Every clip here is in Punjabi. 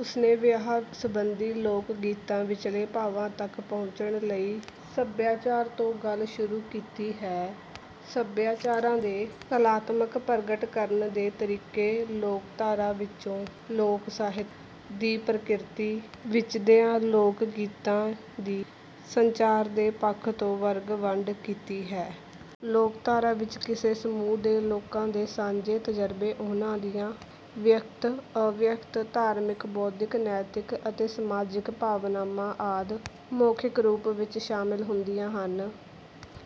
ਉਸ ਨੇ ਵਿਆਹ ਸਬੰਧੀ ਲੋਕਗੀਤਾਂ ਵਿਚਲੇ ਭਾਵਾਂ ਤੱਕ ਪਹੁੰਚਣ ਲਈ ਸਭਿਆਚਾਰ ਤੋਂ ਗੱਲ ਸ਼ੁਰੂ ਕੀਤੀ ਹੈ। ਸਭਿਆਚਾਰ ਦੇ ਕਲਾਤਮਕ ਪ੍ਰਗਟ ਕਰਨ ਦੇ ਤਰੀਕੇ ਲੋਕਧਾਰਾ ਵਿੱਚੋਂ ਲੋਕ-ਸਾਹਿਤ ਦੀ ਪ੍ਰਕਿਰਤੀ ਵਾਚਦਿਆਂ ਲੋਕਗੀਤਾਂ ਦੀ ਸੰਚਾਰ ਦੇ ਪੱਖ ਤੋਂ ਵਰਗ-ਵੰਡ ਕੀਤੀ ਹੈ। ਲੋਕਧਾਰਾ ਵਿੱਚ ਕਿਸੇ ਸਮੂਹ ਦੇ ਲੋਕਾਂ ਦੇ ਸਾਂਝੇ ਤਜਰਬੇ, ਉਨ੍ਹਾਂ ਦੀਆਂ ਵਿਅਕਤ, ਅਵਿਅਕਤ, ਧਾਰਮਿਕ, ਬੌਧਿਕ, ਨੈਤਿਕ ਅਤੇ ਸਮਾਜਿਕ ਭਾਵਨਾਵਾਂ ਆਦਿ ਮੌਖਿਕ ਰੂਪ ਵਿੱਚ ਸ਼ਾਮਲ ਹੁੰਦੀਆਂ ਹਨ।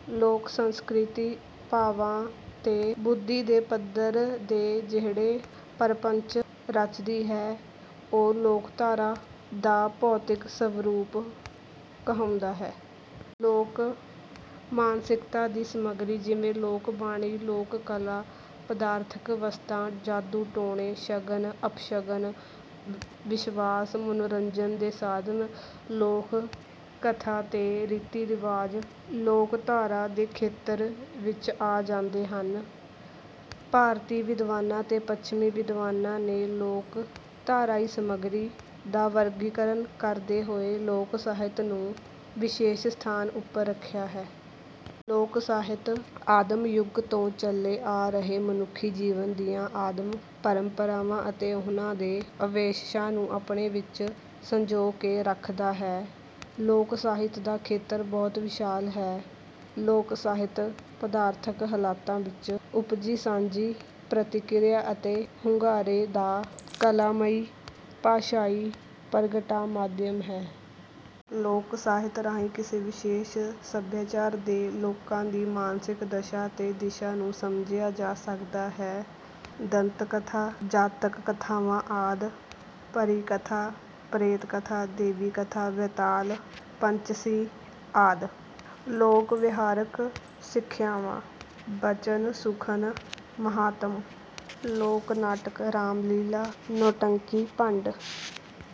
ਲੋਕ-ਸੰਸਕ੍ਰਿਤੀ ਭਾਵਾਂ ਤੇ ਬੁੱਧੀ ਦੇ ਪੱਧਰ ਦੇ ਜਿਹੜਾ ਪ੍ਰਪੰਚ ਰਚਦੀ ਹੈ, ਉਹ ਲੋਕਧਾਰਾ ਦਾ ਭੌਤਿਕ ਸਰੂਪ ਕਹਾਉਂਦਾ ਹੈ। ਲੋਕ-ਮਾਨਸਿਕਤਾ ਦੀ ਸਮੱਗਰੀ ਜਿਵੇਂ ਲੋਕ-ਬਾਣੀ, ਲੋਕ-ਕਲਾ, ਪਦਾਰਥਕ ਵਸਤਾਂ, ਜਾਦੂ-ਟੂਣੇ, ਸ਼ਗਨ, ਅਪਸ਼ਗਨ, ਵਿਸ਼ਵਾਸ, ਮਨੋਰੰਜਨ ਦੇ ਸਾਧਨ, ਲੋਕ-ਕਥਾ ਤੇ ਰੀਤੀ-ਰਿਵਾਜ ਲੋਕਧਾਰਾ ਦੇ ਖੇਤਰ ਵਿੱਚ ਆ ਜਾਂਦੇ ਹਨ। ਭਾਰਤੀ ਵਿਦਵਾਨਾਂ ਤੇ ਪੱਛਮੀ ਵਿਦਵਾਨਾਂ ਨੇ ਲੋਕਧਾਰਾਈ ਸਮੱਗਰੀ ਦਾ ਵਰਗੀਕਰਨ ਕਰਦੇ ਹੋਏ ਲੋਕ-ਸਾਹਿਤ ਨੂੰ ਵਿਸ਼ੇਸ਼ ਸਥਾਨ ਉੱਪਰ ਰੱਖਿਆ ਹੈ। ਲੋਕ-ਸਾਹਿਤ ਆਦਿਮ ਯੁੱਗ ਤੋਂ ਚਲੇ ਆ ਰਹੇ ਮਨੁੱਖੀ ਜੀਵਨ ਦੀਆਂ ਆਦਿਮ ਪਰੰਪਰਾਵਾਂ ਅਤੇ ਉਨ੍ਹਾਂ ਦੇ ਅਵਸ਼ੇਸ਼ਾਂ ਨੂੰ ਆਪਣੇ ਵਿੱਚ ਸੰਜੋ ਕੇ ਰੱਖਦਾ ਹੈ। ਲੋਕ-ਸਾਹਿਤ ਦਾ ਖੇਤਰ ਬਹੁਤ ਵਿਸ਼ਾਲ ਹੈ। ਲੋਕ-ਸਾਹਿਤ ਪਦਾਰਥਕ ਹਾਲਤਾਂ ਵਿੱਚੋਂ ਉਪਜੀ ਸਾਂਝੀ ਪ੍ਰਤੀਕਿਰਿਆ ਅਤੇ ਹੁੰਗਾਰੇ ਦਾ ਕਲਾਮਈ ਭਾਸ਼ਾਈ ਪ੍ਰਗਟਾਅ-ਮਾਧਿਅਮ ਹੈ। ਲੋਕ-ਸਾਹਿਤ ਰਾਹੀਂ ਕਿਸੇ ਵਿਸ਼ੇਸ਼ ਸੱਭਿਆਚਾਰ ਦੇ ਲੋਕਾਂ ਦੀ ਮਾਨਸਿਕ ਦਸ਼ਾ ਤੇ ਦਿਸ਼ਾ ਨੂੰ ਸਮਝਿਆ ਜਾ ਸਕਦਾ ਹੈ। ਦੰਦ-ਕਥਾ, ਜਾਤਕ-ਕਥਾਵਾਂ ਆਦਿ। ਪਰੀ-ਕਥਾ, ਪ੍ਰੇਤ-ਕਥਾ, ਦੇਵ-ਕਥਾ, ਬੈਤਾਲ ਪਚੀਸੀ ਆਦਿ। ਲੋਕ-ਵਿਹਾਰਕ ਸਿਖਿਆਵਾਂ: ਬਚਨ, ਸੁਖਨ, ਮਹਾਤਮ। ਲੋਕ-ਨਾਟਕ: ਰਾਮ-ਲੀਲਾ, ਨੌਟੰਕੀ, ਭੰਡ।